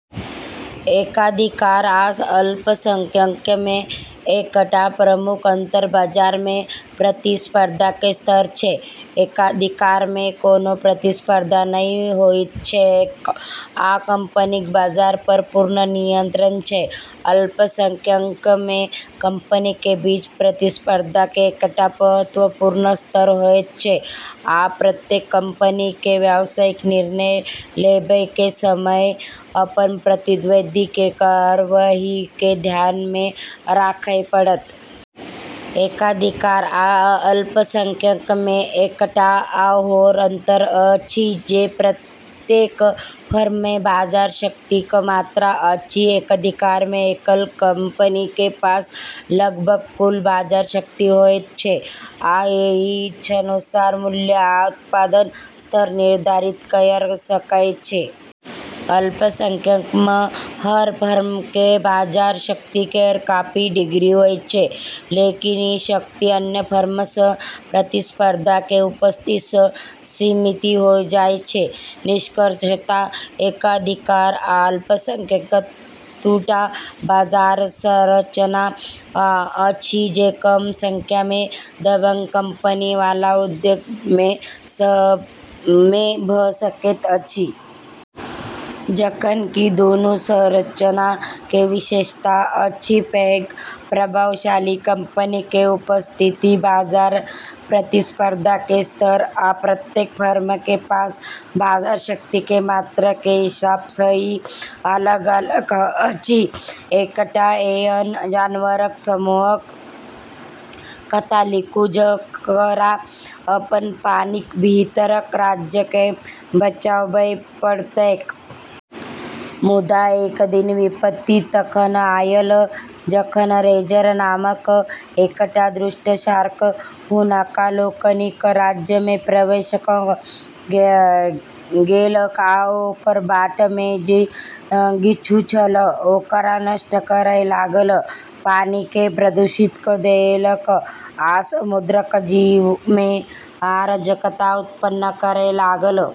एकाधिकार आ अल्पसंख्यक मे एकटा प्रमुख अंतर बाजार मे प्रतिस्पर्धा कें स्तर छै. एकाधिकार मे कोनो प्रतिस्पर्धा नहि होइत छैक, आ कंपनीक बाजार पर पूर्ण नियंत्रण छैक। अल्पसंख्यक में कंपनी के बीच प्रतिस्पर्धा के एकटा महत्वपूर्ण स्तर होयत छै, आ प्रत्येक कंपनी के व्यवसायिक निर्णय लेबय के समय अपन प्रतिद्वंदी के कार्रवाई के ध्यान में राखय पड़त. एकाधिकार आ अल्पसंख्यक मे एकटा आओर अंतर अछि जे प्रत्येक फर्म मे बाजार शक्ति क मात्रा अछि। एकाधिकार मे एकल कंपनी कें पास लगभग कुल बाजार शक्ति होयत छै, आ इ इच्छानुसार मूल्य आ उत्पादन स्तर निर्धारित कयर सकय छै. अल्पसंख्यक म॑ हर फर्म केरऽ बाजार शक्ति केरऽ काफी डिग्री होय छै, लेकिन ई शक्ति अन्य फर्मऽ स॑ प्रतिस्पर्धा के उपस्थिति स॑ सीमित होय जाय छै। निष्कर्षतः एकाधिकार आ अल्पसंख्यक दूटा बाजार संरचना अछि जे कम संख्या मे दबंग कंपनी वाला उद्योग मे भ सकैत अछि। जखन कि दुनू संरचना के विशेषता अछि पैघ, प्रभावशाली कंपनी के उपस्थिति, बाजार प्रतिस्पर्धा के स्तर, आ प्रत्येक फर्म के पास बाजार शक्ति के मात्रा के हिसाब सं ई अलग-अलग अछि. एकटा एहन जानवरक समूहक कथा लिखू जकरा अपन पानिक भीतरक राज्य केँ बचाबय पड़तैक। मुदा, एक दिन विपत्ति तखन आयल जखन रेजर नामक एकटा दुष्ट शार्क, हुनका लोकनिक राज्य मे प्रवेश क' गेल आ ओकर बाट मे जे किछु छल, ओकरा नष्ट करय लागल, पानि केँ प्रदूषित क' देलक आ समुद्रक जीव मे अराजकता उत्पन्न करय लागल.